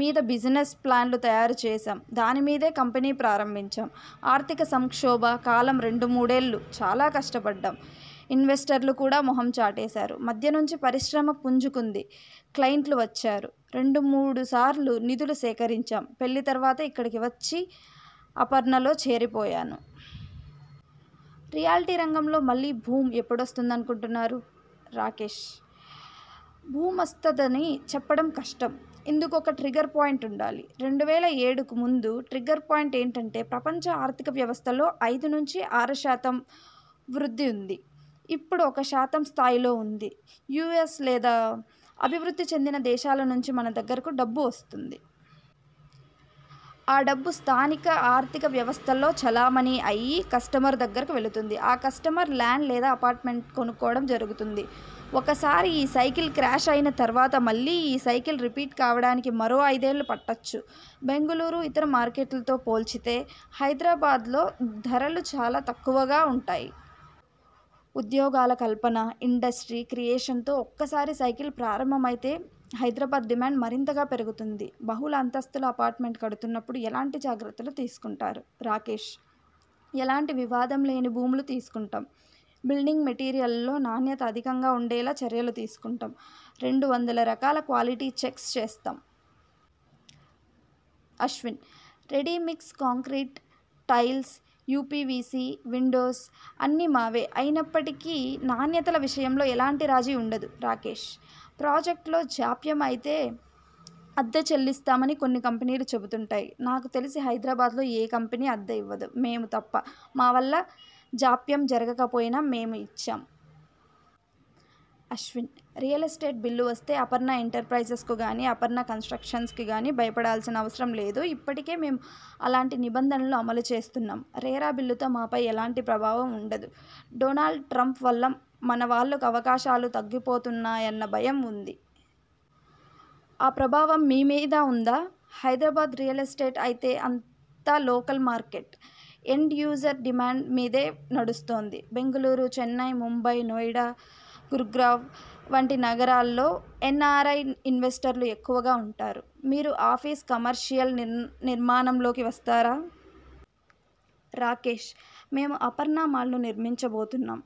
మీద business plan తయారు చేశాం. దానిమీదే కంపెనీ ప్రారంభించాం. ఆర్థిక సంక్షోభ కాలంరెండుమూడేళ్లు చాలా కష్టపడ్డాం. ఇన్వెస్టర్లు కూడా మొహం చాటేశారు. మధ్య నుంచి పరిశ్రమ పుంజుకుంది. క్లయింట్లు వచ్చారు. రెండు మూడుసార్లు నిధులు సేకరించాం. పెళ్లి తర్వాత ఇక్కడికి వచ్చి అపర్ణలో చేరిపోయాను. రియల్టీ రంగంలో మళ్లీ బూమ్ ఎప్పుడు వస్తుందనుకుంటున్నారు? రాకేష్: బూమ్వస్తదని చెప్పడం కష్టం. ఇందుకు ఒక ట్రిగ్గర్ పాయింట్ ఉండాలి. రెండువేల ఏడుకు ముందు ట్రిగ్గర్ పాయింట్ ఏంటంటే.. ప్రపంచ ఆర్థిక వ్యవస్థలో ఐదు నుంచి ఆరు శాతం వృద్ధి ఉంది. ఇప్పుడు ఒక శాతం స్థాయిలో ఉంది. యుఎస్ లేదా అభివృద్ధి చెందిన దేశాల నుంచి మన దగ్గరకు డబ్బు వస్తుంది. ఆ డబ్బు స్థానిక ఆర్థిక వ్యవస్థలో చలామణి అయి కస్టమర్ దగ్గరకు వెళుతుంది. ఆ కస్టమర్ లాండ్ లేదా అపార్ట్మెంట్ కొనుక్కోవడం జరుగుతుంది. ఒకసారి ఈ సైకిల్ క్రాష్ అయిన తర్వాత మళ్లీ ఈ సైకిల్ రిపీట్ కావడానికి మరో ఐదేళ్లు పట్టవచ్చు. బెంగళూరు ఇతర మార్కెట్లతో పోల్చితే హైదరాబాద్లో ధరలు చాలా తక్కువగా ఉంటాయి. ఉద్యోగాల కల్పన, ఇండస్ర్టీ క్రియేషన్తో ఒక్కసారి సైకిల్ ప్రారంభమైతే హైదరాబాద్ డిమాండ్ మరింతగా పెరుగుతుంది. బహుళ అంతస్తుల అపార్ట్మెంట్స్ కడుతున్నప్పుడు ఎలాంటి జాగ్రత్తలు తీసుకుంటారు? రాకేష్: ఎలాంటి వివాదంలేని భూములు తీసుకుంటాం, బిల్డింగ్ మెటీరియల్లో నాణ్యత అధికంగా ఉండేలా చర్యలు తీసుకుంటాం. రెండు వందల రకాల క్వాలిటీ చెక్స్ చేస్తాం. Ashwin: ready mix concrete, tiles, UPVC windows అన్నీ మావే. అయినప్పటికీ నాణ్యతల విషయంలో ఎలాంటి రాజీ ఉండదు. రాకేష్: ప్రాజెక్టులో జాప్యం అయితే అద్దె చెల్లిస్తామని కొన్ని కంపెనీలు చెబుతుంటాయి. నాకు తెలిసి హైదరాబాద్లో ఏ కంపెనీ అద్దె ఇవ్వదు. మేము తప్ప. మా వల్ల జాప్యం జరగకపోయినా మేము ఇచ్చాం. అశ్విన్: రియల్ ఎస్టేట్ బిల్లు వస్తే అపర్ణ ఎంటర్ప్రైజె్సకు గానీ, అపర్ణ కన్స్ట్రక్షన్స్ గానీ భయపడిపోవాల్సిన అవసరం లేదు. ఇప్పటికే మేము అలాంటి నిబంధనలను అమలు చేస్తున్నాం. రేరా బిల్లుతో మాపై ఎలాంటి ప్రభావం ఉండదు. డొనాల్డ్ ట్రంప్ వల్ల మన వాళ్లకు అవకాశాలు తగ్గిపోతాయన్న భయం ఉంది. ఆ ప్రభావం మీ మీద ఉందా? హైదరాబాద్ రియల్ ఎస్టేట్ అయితే అంతా local market. End user demand మీదే నడుస్తోంది. బెంగళూరు, చెన్నై, ముంబై, నోయిడా, గుర్గావ్ వంటి నగరాల్లో ఎన్ఆర్ఐ ఇన్వెస్టర్లు ఎక్కువగా ఉంటారు. మీరు ఆఫీస్, కమర్షియల్ నిర్మాణంలోకి వస్తారా? రాకేష్: మేము అపర్ణ మాల్ను నిర్మించబోతున్నాం.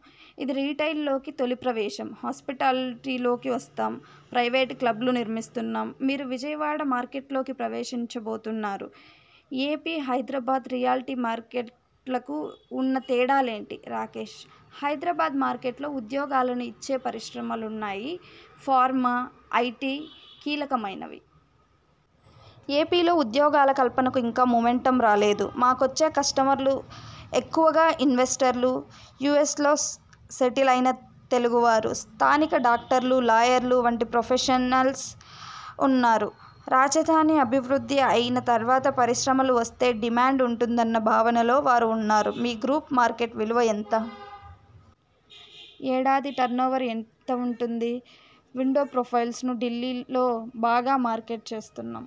ఇది రిటైల్లోకి తొలి ప్రవేశం. హాస్పిటాలిటీలోకి వస్తాం. ప్రైవేట్ క్లబ్ను నిర్మిస్తున్నాం. మీరు విజయవాడ మార్కెట్లోకి ప్రవేశించబోతున్నారు. ఎపి, హైదరాబాద్ రియల్టీ మార్కెట్లకు ఉన్న తేడాలేంటి? రాకేష్: హైదరాబాద్ మార్కెట్లో ఉద్యోగాలను ఇచ్చే పరిశ్రమలున్నాయి. Pharma, IT కీలకమైనవి. ఎపిలో ఉద్యోగాల కల్పనకు ఇంకా మూమెంటమ్ రాలేదు. మాకొచ్చే కస్టమర్లు ఎక్కువగా ఇన్వెస్టర్లు. యుఎ్సలో సెటిల్ అయిన తెలుగు వారు, స్థానిక డాక్టర్లు, లాయర్లు వంటి ప్రొఫెషనల్స్ ఉన్నారు. రాజఽధాని అభివృద్ధి అయిన తర్వాత పరిశ్రమలు వస్తే డిమాండ్ ఉంటుందన్న భావనలో వారు ఉన్నారు. మీ గ్రూప్ మార్కెట్ విలువ ఎంత? ఏడాది టర్నోవర్ ఎంత ఉంటుంది? విండో ప్రొఫైల్స్ను ఢిల్లీలో బాగా మార్కెట్ చేస్తున్నాం.